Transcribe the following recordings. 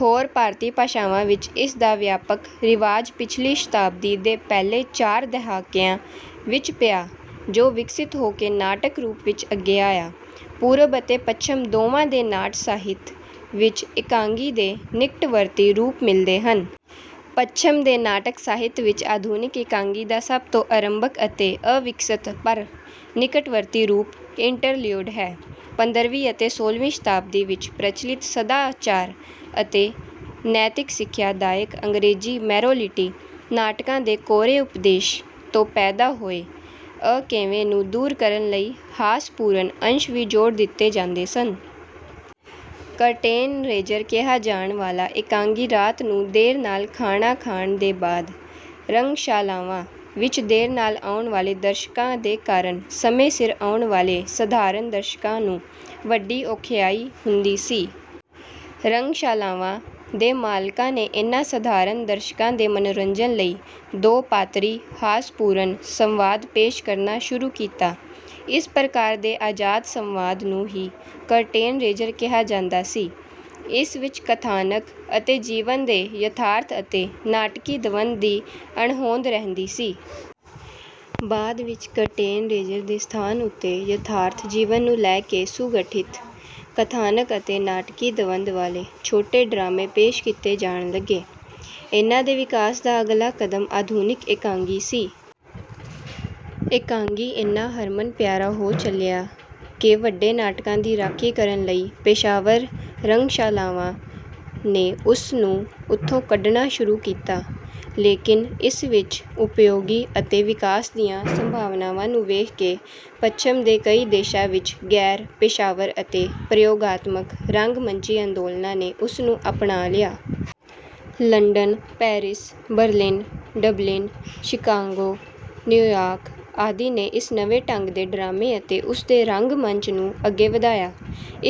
ਹੋਰ ਭਾਰਤੀ ਭਾਸ਼ਾਵਾਂ ਵਿੱਚ ਇਸ ਦਾ ਵਿਆਪਕ ਰਿਵਾਜ ਪਿਛਲੀ ਸ਼ਤਾਬਦੀ ਦੇ ਪਹਿਲੇ ਚਾਰ ਦਹਾਕਿਆਂ ਵਿੱਚ ਪਿਆ, ਜੋ ਵਿਕਸਿਤ ਹੋ ਕੇ ਨਾਟਕ ਰੂਪ ਵਿੱਚ ਅੱਗੇ ਆਇਆ। ਪੂਰਬ ਅਤੇ ਪੱਛਮ ਦੋਵਾਂ ਦੇ ਨਾਟ ਸਾਹਿਤ ਵਿੱਚ ਇਕਾਂਗੀ ਦੇ ਨਿਕਟਵਰਤੀ ਰੂਪ ਮਿਲਦੇ ਹਨ। ਪੱਛਮ ਦੇ ਨਾਟਕ ਸਾਹਿਤ ਵਿੱਚ ਆਧੁਨਿਕ ਇਕਾਂਗੀ ਦਾ ਸਭ ਤੋਂ ਅਰੰਭਕ ਅਤੇ ਅਵਿਕਸਤ ਪਰ ਨਿਕਟਵਰਤੀ ਰੂਪ ਇੰਟਰਲਿਊਡ ਹੈ। ਪੰਦਰਵੀਂ ਅਤੇ ਸੋਲ੍ਹਵੀਂ ਸ਼ਤਾਬਦੀ ਵਿੱਚ ਪ੍ਰਚਲਿਤ ਸਦਾਚਾਰ ਅਤੇ ਨੈਤਿਕ ਸਿੱਖਿਆ ਦਾਇਕ ਅੰਗਰੇਜ਼ੀ ਮੋਰੈਲਿਟੀ ਨਾਟਕਾਂ ਦੇ ਕੋਰੇ ਉਪਦੇਸ਼ ਤੋਂ ਪੈਦਾ ਹੋਏ ਅਕੇਵੇਂ ਨੂੰ ਦੂਰ ਕਰਨ ਲਈ ਹਾਸਪੂਰਨ ਅੰਸ਼ ਵੀ ਜੋੜ ਦਿੱਤੇ ਜਾਂਦੇ ਸਨ। ਕਰਟੇਨ ਰੇਜ਼ਰ ਕਿਹਾ ਜਾਣ ਵਾਲਾ ਇਕਾਂਗੀ ਰਾਤ ਨੂੰ ਦੇਰ ਨਾਲ ਖਾਣਾ ਖਾਣ ਦੇ ਬਾਅਦ ਰੰਗਸ਼ਾਲਾਵਾਂ ਵਿੱਚ ਦੇਰ ਨਾਲ ਆਉਣ ਵਾਲੇ ਦਰਸ਼ਕਾਂ ਦੇ ਕਾਰਨ ਸਮੇਂ ਸਿਰ ਆਉਣ ਵਾਲੇ ਸਧਾਰਨ ਦਰਸ਼ਕਾਂ ਨੂੰ ਵੱਡੀ ਔਖਿਆਈ ਹੁੰਦੀ ਸੀ। ਰੰਗਸ਼ਾਲਾਵਾਂ ਦੇ ਮਾਲਕਾਂ ਨੇ ਇਨ੍ਹਾਂ ਸਧਾਰਨ ਦਰਸ਼ਕਾਂ ਦੇ ਮਨੋਰੰਜਨ ਲਈ ਦੋ ਪਾਤਰੀ ਹਾਸਪੂਰਨ ਸੰਵਾਦ ਪੇਸ਼ ਕਰਨਾ ਸ਼ੁਰੂ ਕੀਤਾ। ਇਸ ਪ੍ਰਕਾਰ ਦੇ ਆਜ਼ਾਦ ਸੰਵਾਦ ਨੂੰ ਹੀ ਕਰਟੇਨ ਰੇਜ਼ਰ ਕਿਹਾ ਜਾਂਦਾ ਸੀ। ਇਸ ਵਿੱਚ ਕਥਾਨਕ ਅਤੇ ਜੀਵਨ ਦੇ ਯਥਾਰਥ ਅਤੇ ਨਾਟਕੀ ਦਵੰਦ ਦੀ ਅਣਹੋਂਦ ਰਹਿੰਦੀ ਸੀ। ਬਾਅਦ ਵਿੱਚ ਕਰਟੇਨ ਰੇਜ਼ਰ ਦੇ ਸਥਾਨ ਉੱਤੇ ਯਥਾਰਥ ਜੀਵਨ ਨੂੰ ਲੈ ਕੇ ਸੁਗਠਿਤ ਕਥਾਨਕ ਅਤੇ ਨਾਟਕੀ ਦਵੰਦ ਵਾਲੇ ਛੋਟੇ ਡਰਾਮੇ ਪੇਸ਼ ਕੀਤੇ ਜਾਣ ਲੱਗੇ। ਇਨ੍ਹਾਂ ਦੇ ਵਿਕਾਸ ਦਾ ਅਗਲਾ ਕਦਮ ਆਧੁਨਿਕ ਇਕਾਂਗੀ ਸੀ। ਇਕਾਂਗੀ ਇੰਨਾ ਹਰਮਨ ਪਿਆਰਾ ਹੋ ਚਲਿਆ ਕਿ ਵੱਡੇ ਨਾਟਕਾਂ ਦੀ ਰਾਖੀ ਕਰਨ ਲਈ ਪੇਸ਼ਾਵਰ ਰੰਗਸ਼ਾਲਾਵਾਂ ਨੇ ਉਸ ਨੂੰ ਉੱਥੋਂ ਕੱਢਣਾ ਸ਼ੁਰੂ ਕੀਤਾ। ਲੇਕਿਨ ਇਸ ਵਿੱਚ ਉਪਯੋਗੀ ਅਤੇ ਵਿਕਾਸ ਦੀਆਂ ਸੰਭਾਵਨਾਵਾਂ ਨੂੰ ਵੇਖ ਕੇ ਪੱਛਮ ਦੇ ਕਈ ਦੇਸ਼ਾਂ ਵਿੱਚ ਗੈਰ ਪੇਸ਼ਾਵਰ ਅਤੇ ਪ੍ਰਯੋਗਾਤਮਕ ਰੰਗ ਮੰਚੀ ਅੰਦੋਲਨਾਂ ਨੇ ਉਸ ਨੂੰ ਅਪਣਾ ਲਿਆ। London, Paris, Berlin, Dublin, Chicago, New York ਆਦਿ ਨੇ ਇਸ ਨਵੇਂ ਢੰਗ ਦੇ ਡਰਾਮੇ ਅਤੇ ਉਸ ਦੇ ਰੰਗ ਮੰਚ ਨੂੰ ਅੱਗੇ ਵਧਾਇਆ।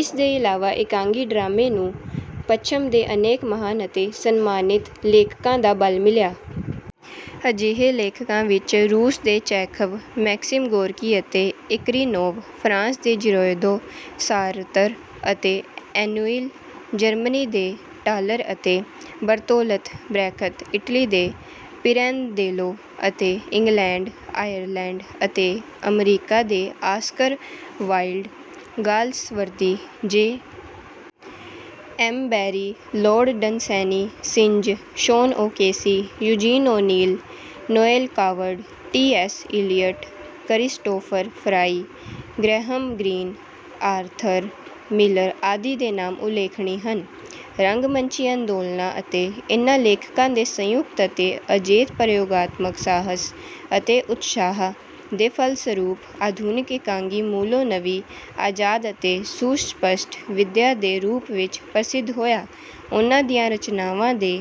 ਇਸ ਦੇ ਇਲਾਵਾ ਇਕਾਂਗੀ ਡਰਾਮੇ ਨੂੰ ਪੱਛਮ ਦੇ ਅਨੇਕ ਮਹਾਨ ਅਤੇ ਸਨਮਾਨਿਤ ਲੇਖਕਾਂ ਦਾ ਬਲ ਮਿਲਿਆ। ਅਜਿਹੇ ਲੇਖਕਾਂ ਵਿੱਚ ਰੂਸ ਦੇ ਚੈਖਵ, ਮੈਕਸਿਮ ਗੋਰਕੀ ਅਤੇ ਏਕਰੀਨੋਵ, ਫਰਾਂਸ ਦੇ ਜਿਰਾਉਦੋ, ਸਾਰਤਰ ਅਤੇ ਐਨੁਇਲ, ਜਰਮਨੀ ਦੇ ਟਾਲਰ ਅਤੇ ਬਰਤੋਲਤ ਬ੍ਰੈਖਤ, ਇਟਲੀ ਦੇ ਪਿਰੈਂਦੇਲੋ ਅਤੇ ਇੰਗਲੈਂਡ, ਆਇਰਲੈਂਡ ਅਤੇ ਅਮਰੀਕਾ ਦੇ Oscar Wilde, Galsworthy, J. M. Barrie, Lord Dunsany, Synge, Sean O'Casey, Eugene O'Neill, Noel Coward, T. S. Eliot, Christopher Fry, Graham Greene, Arthur Miller ਆਦਿ ਦੇ ਨਾਮ ਉਲੇਖਣੀ ਹਨ। ਰੰਗ ਮੰਚੀ ਅੰਦੋਲਨਾਂ ਅਤੇ ਇਨ੍ਹਾਂ ਲੇਖਕਾਂ ਦੇ ਸੰਯੁਕਤ ਅਤੇ ਅਜੇਤ ਪ੍ਰਯੋਗਾਤਮਕ ਸਾਹਸ ਅਤੇ ਉਤਸ਼ਾਹ ਦੇ ਫਲਸਰੂਪ ਆਧੁਨਿਕ ਇਕਾਂਗੀ ਮੂਲੋਂ ਨਵੀਂ, ਆਜ਼ਾਦ ਅਤੇ ਸੁਸਪਸ਼ਟ ਵਿਦਯਾ ਦੇ ਰੂਪ ਵਿੱਚ ਪ੍ਰਸਿੱਧ ਹੋਇਆ। ਉਨ੍ਹਾਂ ਦੀਆਂ ਰਚਨਾਵਾਂ ਦੇ